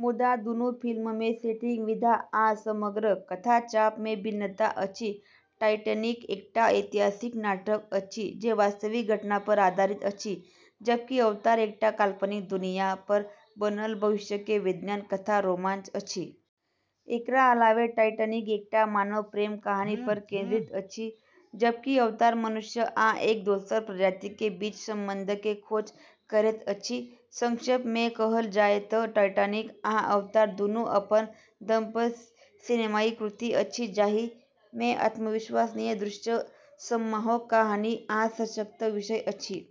मुदा दुनू फिल्म के सेटिंग, विधा, आ समग्र कथा चाप मे भिन्नता अछि। टाइटैनिक एकटा ऐतिहासिक नाटक अछि जे वास्तविक घटना पर आधारित अछि, जबकि अवतार एकटा काल्पनिक दुनिया पर बनल भविष्य के विज्ञान कथा रोमांच अछि। एकरा अलावे टाइटैनिक एकटा मानव प्रेम कहानी पर केंद्रित अछि, जबकि अवतार मनुष्य आ एक दोसर प्रजाति के बीच संबंध के खोज करैत अछि। संक्षेप मे कहल जाय तँ टाइटैनिक आ अवतार दुनू अपन दम पर सिनेमाई कृति अछि, जाहि मे अविश्वसनीय दृश्य, सम्मोहक कहानी, आ सशक्त विषय अछि।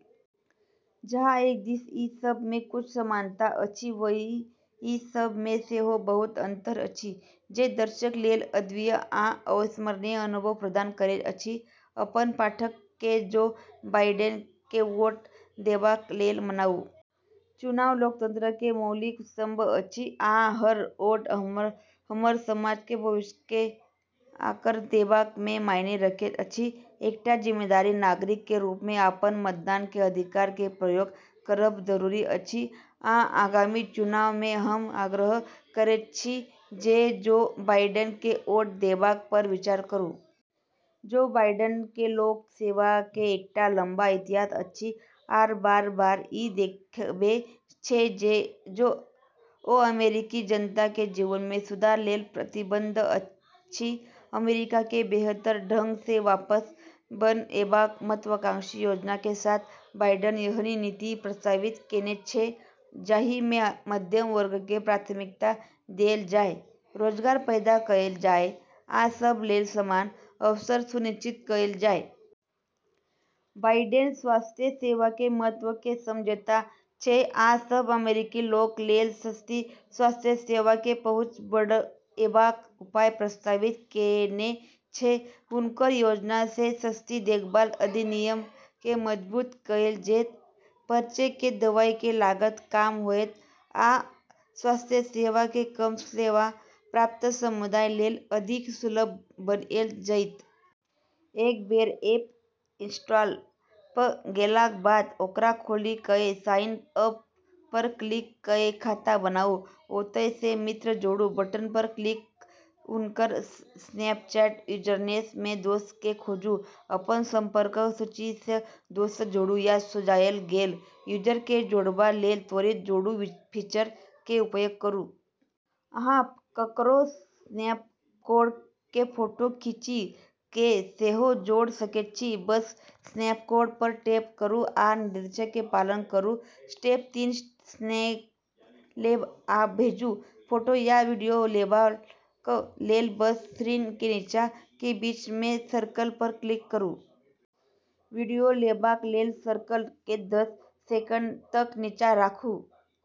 जहाँ एक दिस ई सब मे किछु समानता अछि, वहीं ई सब मे सेहो बहुत अंतर अछि, जे दर्शक लेल अद्वितीय आ अविस्मरणीय अनुभव प्रदान करैत अछि। अपन पाठक के जो बाइडेन के वोट देबाक लेल मनाउ। चुनाव लोकतंत्र के मौलिक स्तंभ अछि, आ हर वोट हमर समाज के भविष्य के आकार देबाक मे मायने रखैत अछि। एकटा जिम्मेदार नागरिक के रूप मे अपन मतदान के अधिकार के प्रयोग करब जरूरी अछि, आ आगामी चुनाव मे हम आग्रह करैत छी जे जो बाइडेन के वोट देबाक पर विचार करू। जो बाइडेन के लोक सेवा के एकटा लम्बा इतिहास अछि आ बार-बार ई देखबै छै जे ओ अमेरिकी जनता के जीवन मे सुधार लेल प्रतिबद्ध अछि। अमेरिका के बेहतर ढंग सँ वापस बनएबाक महत्वाकांक्षी योजना के साथ बाइडेन एहन नीति प्रस्तावित केने छै जाहि मे मध्यम वर्ग के प्राथमिकता देल जाय, रोजगार पैदा कएल जाय आ सब लेल समान अवसर सुनिश्चित कएल जाय। बाइडेन स्वास्थ्य सेवा के महत्व के समझैत छै आ सब अमेरिकी लोक लेल सस्ती स्वास्थ्य सेवा के पहुँच बढ़एबाक उपाय प्रस्तावित केने छै। हुनकर योजना सँ सस्ती देखभाल अधिनियम के मजबूत कएल जैत, पर्चे के दवाई के लागत कम होयत, आ स्वास्थ्य सेवा के कम सेवा प्राप्त समुदाय लेल अधिक सुलभ बनएल जैत। एक बेर ऐप इंस्टॉल भ गेलाक बाद ओकरा खोलि कए साइन अप पर क्लिक कए खाता बनाउ। ओतय सँ मित्र जोड़ू बटन पर क्लिक कए हुनकर स्नैपचैट यूजरनेम सँ दोस्त के खोजू, अपन संपर्क सूची सँ दोस्त जोड़ू, या सुझाएल गेल यूजर के जोड़बा लेल त्वरित जोड़ू फीचर के उपयोग करू। अहाँ ककरो स्नैपकोड के फोटो खींचि कए सेहो जोड़ सकैत छी बस स्नैपकोड पर टैप करू आ निर्देशक के पालन करू। स्टेप तीन स्नैप लेब आ भेजू। फोटो या वीडियो लेबाक लेल बस स्क्रीन के नीचा के बीच मे सर्कल पर क्लिक करू। वीडियो लेबाक लेल सर्कल के दस सेकेंड तक नीचा राखू।